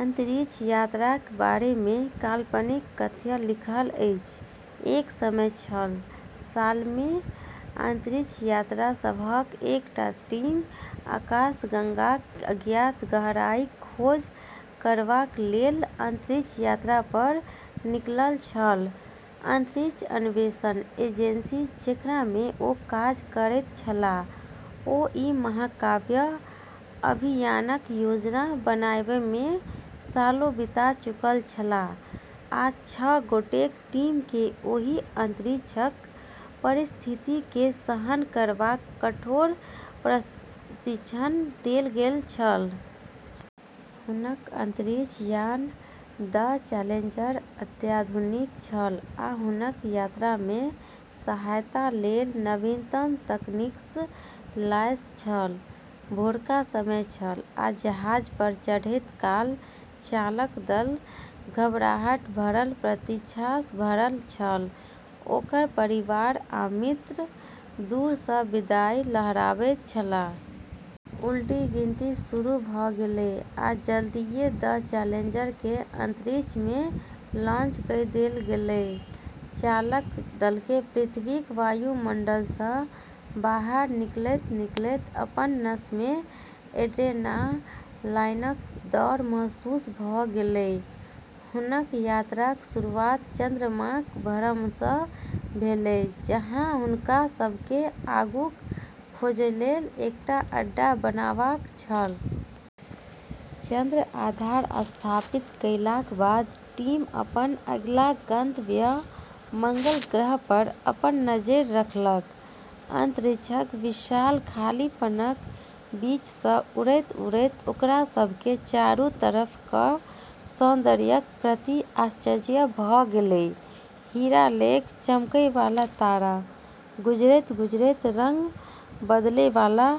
अंतरिक्ष यात्राक बारेमे काल्पनिक कथ्य लिखल अछि। एक समय छल, सालमे अंतरिक्ष यात्रीसभक एकटा टीम आकाशगंगाक अज्ञात गहराईक खोज करबाकलेल अंतरिक्ष यात्रापर निकलल छल। अंतरिक्ष अन्वेषण एजेंसी जेकरामे ओ काज करैत छलाह, ओ ई महाकाव्य अभियानक योजना बनएबामे सालों बिता चुकल छलाह आ छह गोटेक टीमकेँ ओहि अंतरिक्षक परिस्थितिकेँ सहन करबाक कठोर प्रशिक्षण देल गेल छल। हुनक अंतरिक्ष यान 'द चैलेंजर' अत्याधुनिक छल आ हुनक यात्रामे सहायतालेल नवीनतम तकनीकसँ लैस छल। भोरका समय छल आ जहाजपर चढ़ैत काल चालक दल घबराहट भरल प्रतीक्षासँ भरल छल, ओकर परिवार आ मित्र दूरसँ विदाई लहराबैत छलाह। उलटी गिनती शुरू भऽ गेलै आ जल्दिये 'द चैलेंजर'केँ अंतरिक्षमे लॉन्च कइ देल गेलै, चालक दलकेँ पृथ्वीक वायुमंडलसँ बाहर निकलैत-निकलैत अपन नसमे एड्रेनालाईनक दौड़ महसूस भऽ गेलै। हुनक यात्राक शुरुआत चंद्रमाक भ्रमणसँ भेलै, जहाँ हुनका सभकेँ आगूक खोजलेल एकटा अड्डा बनाएबाक छल। चंद्र आधार स्थापित कएलाक बाद टीम अपन अगिला गंतव्य- मंगल ग्रहपर अपन नजरि रखलक। अंतरिक्षक विशाल खालीपनक बीचसँ उड़ैत-उड़ैत ओकरा सभकेँ चारू तरफक सौन्दर्यक प्रति आश्चर्य भऽ गेलै- हीरा लेक चमकैबाला तारा, गुजरैत-गुजरैत रंग बदलैबाला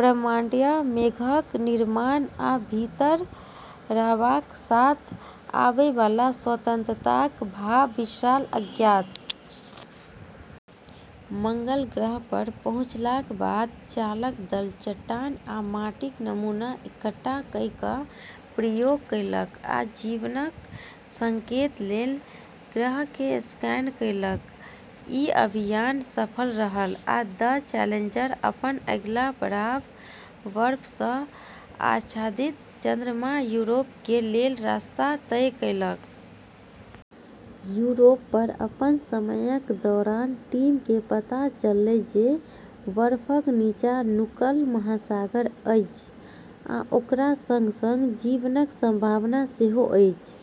ब्रह्मांडीय मेघक निर्माण, आ भीतर रहबाक साथ आबैबाला स्वतंत्रताक भाव विशाल अज्ञात। मंगल ग्रहपर पहुँचलाक बाद चालक दल चट्टान आ माटिक नमूना इकट्ठा कइ कऽ प्रयोग कएलक आ जीवनक संकेतलेल ग्रहकेँ स्कैन कएलक। ई अभियान सफल रहल आ 'द चैलेंजर' अपन अगिला पड़ाव- बर्फसँ आच्छादित चंद्रमा यूरोपाकेँ लेल रस्ता तय कएलक। यूरोपापर अपन समयक दौरान टीमकेँ पता चललै जे बर्फक नीचाँ नुकल महासागर अछि, आ ओकरा संग-संग जीवनक संभावना सेहो अछि।